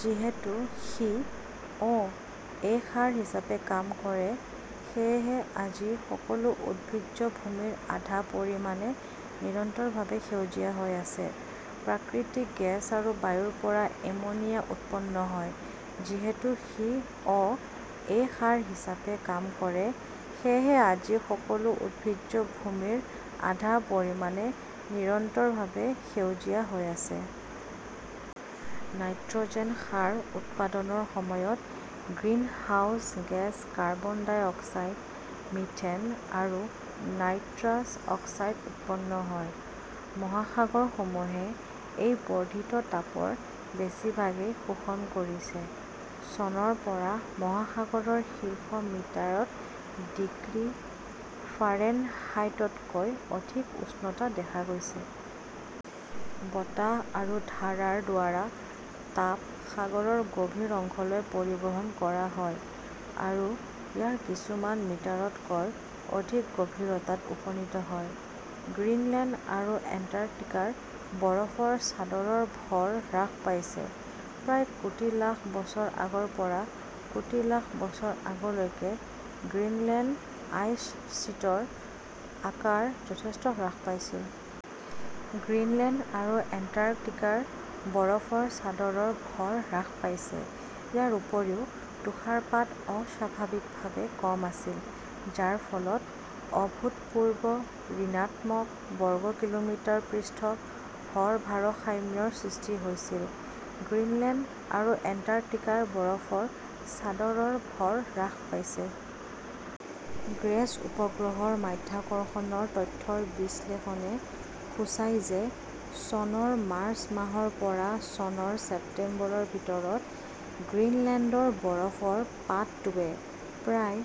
"যিহেতু C. O '. -এ সাৰ হিচাপে কাম কৰে, সেয়েহে আজি সকলো উদ্ভিজ্জ ভূমিৰ আধা পৰিমাণে নিৰন্তৰভাৱে সেউজীয়া হৈ আছে। প্ৰাকৃতিক গেছ আৰু বায়ুৰ পৰা এমোনিয়া উৎপন্ন হয়। "যিহেতু সি. অ '. -এ সাৰ হিচাপে কাম কৰে, সেয়েহে আজি সকলো উদ্ভিজ্জ ভূমিৰ আধা পৰিমাণে নিৰন্তৰভাৱে সেউজীয়া হৈ আছে। নাইট্ৰ 'জেন সাৰ উৎপাদনৰ সময়ত greenhouse gas carbon dioxide, methane আৰু নাইট্ৰাছ অক্সাইড উৎপন্ন হয়। মহাসাগৰসমূহে এই বৰ্ধিত তাপৰ বেছিভাগেই শোষণ কৰিছে, চনৰ পৰা মহাসাগৰৰ শীৰ্ষ মিটাৰ ত ডিগ্ৰী ফাৰেনহাইটতকৈ অধিক উষ্ণতা দেখা গৈছে। বতাহ আৰু ধাৰাৰ দ্বাৰা তাপ সাগৰৰ গভীৰ অংশলৈ পৰিবহণ কৰা হয়, আৰু ইয়াৰ কিছুমান মিটাৰ তকৈ অধিক গভীৰতাত উপনীত হয়। গ্ৰীণলেণ্ড আৰু এণ্টাৰ্কটিকাৰ বৰফৰ চাদৰৰ ভৰ হ্ৰাস পাইছে। প্ৰায় কোটি লাখ বছৰ আগৰ পৰা কোটি লাখ বছৰ আগলৈকে গ্ৰীণলেণ্ড আইচ শ্বীটৰ আকাৰ যথেষ্ট হ্ৰাস পাইছিল। গ্ৰীণলেণ্ড আৰু এণ্টাৰ্কটিকাৰ বৰফৰ চাদৰৰ ভৰ হ্ৰাস পাইছে। ইয়াৰ উপৰিও তুষাৰপাত অস্বাভাৱিকভাৱে কম আছিল, যাৰ ফলত অভূতপূৰ্ব ঋণাত্মক − বৰ্গ কিলোমিটাৰ পৃষ্ঠ ভৰ ভাৰসাম্যৰ সৃষ্টি হৈছিল। গ্ৰীণলেণ্ড আৰু এণ্টাৰ্কটিকাৰ বৰফৰ চাদৰৰ ভৰ হ্ৰাস পাইছে। গ্ৰেচ উপগ্ৰহৰ মাধ্যাকৰ্ষণৰ তথ্যৰ বিশ্লেষণে সূচায় যে চনৰ মাৰ্চ মাহৰ পৰা চনৰ ছেপ্টেম্বৰৰ ভিতৰত গ্ৰীণলেণ্ডৰ বৰফৰ পাতটোৱে প্ৰায়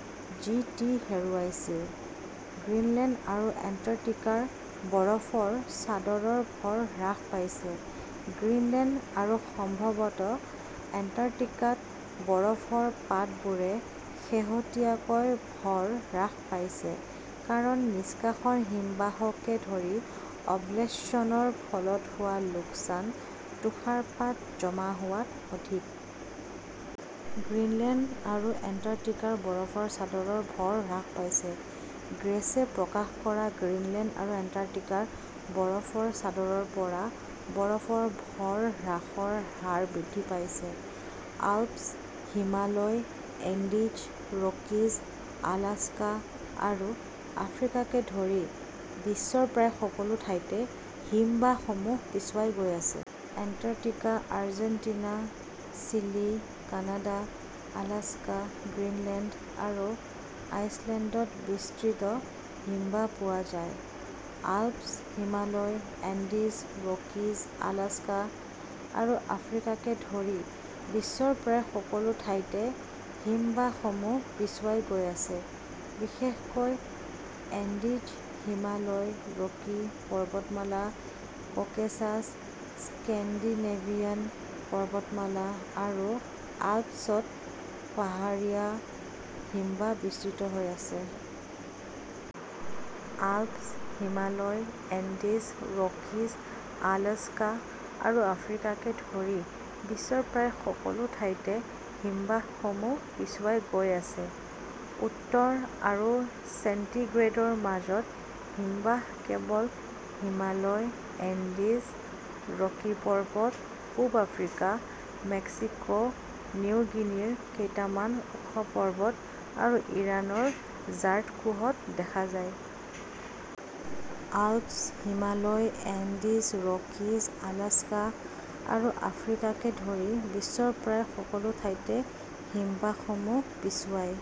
জি. টি. হেৰুৱাইছিল। গ্ৰীণলেণ্ড আৰু এণ্টাৰ্কটিকাৰ বৰফৰ চাদৰৰ ভৰ হ্ৰাস পাইছে। গ্ৰীণলেণ্ড, আৰু সম্ভৱতঃ এণ্টাৰ্কটিকাত বৰফৰ পাতবোৰে শেহতীয়াকৈ ভৰ হ্ৰাস পাইছে, কাৰণ নিষ্কাশন হিমবাহকে ধৰি অব্লেশ্যনৰ ফলত হোৱা লোকচান তুষাৰপাত জমা হোৱাত অধিক। গ্ৰীণলেণ্ড আৰু এণ্টাৰ্কটিকাৰ বৰফৰ চাদৰৰ ভৰ হ্ৰাস পাইছে। "গ্ৰেচে প্ৰকাশ কৰা গ্ৰীণলেণ্ড আৰু এণ্টাৰ্কটিকাৰ বৰফৰ চাদৰৰ পৰা বৰফৰ ভৰ হ্ৰাসৰ হাৰ বৃদ্ধি পাইছে। " Alps, Himalaya, Andes, Rockies, Alaska আৰু আফ্ৰিকাকে ধৰি বিশ্বৰ প্ৰায় সকলো ঠাইতে হিমবাহসমূহ পিছুৱাই গৈ আছে। Antarctica, Argentina, Chile, Canada, Alaska, Greenland আৰু আইচলেণ্ডত বিস্তৃত হিমবাহ পোৱা যায়। Alps, Himalaya, Andes, Rockies, Alaska আৰু আফ্ৰিকাকে ধৰি বিশ্বৰ প্ৰায় সকলো ঠাইতে হিমবাহসমূহ পিছুৱাই গৈ আছে। বিশেষকৈ এণ্ডিজ, হিমালয়, ৰকি পৰ্বতমালা, ককেছাছ, স্কেন্ডিনেভিয়ান পৰ্বতমালা আৰু আল্পছত পাহাৰীয়া হিমবাহ বিস্তৃত হৈ আছে। Alps, Himalaya, Andes, Rockies, Alaska আৰু আফ্ৰিকাকে ধৰি বিশ্বৰ প্ৰায় সকলো ঠাইতে হিমবাহসমূহ পিছুৱাই গৈ আছে। উত্তৰ আৰু চেণ্টিগ্ৰেডৰ মাজত হিমবাহ কেৱল হিমালয়, এণ্ডিজ, ৰকি পৰ্বত, পূব আফ্ৰিকা, মেক্সিকো, নিউ গিনিৰ কেইটামান ওখ পৰ্বত আৰু ইৰাণৰ জাৰ্ড কুহত দেখা যায়। Alps, Himalaya, Andes, Rockies, Alaska আৰু আফ্ৰিকাকে ধৰি বিশ্বৰ প্ৰায় সকলো ঠাইতে হিমবাহসমূহ পিছুৱাই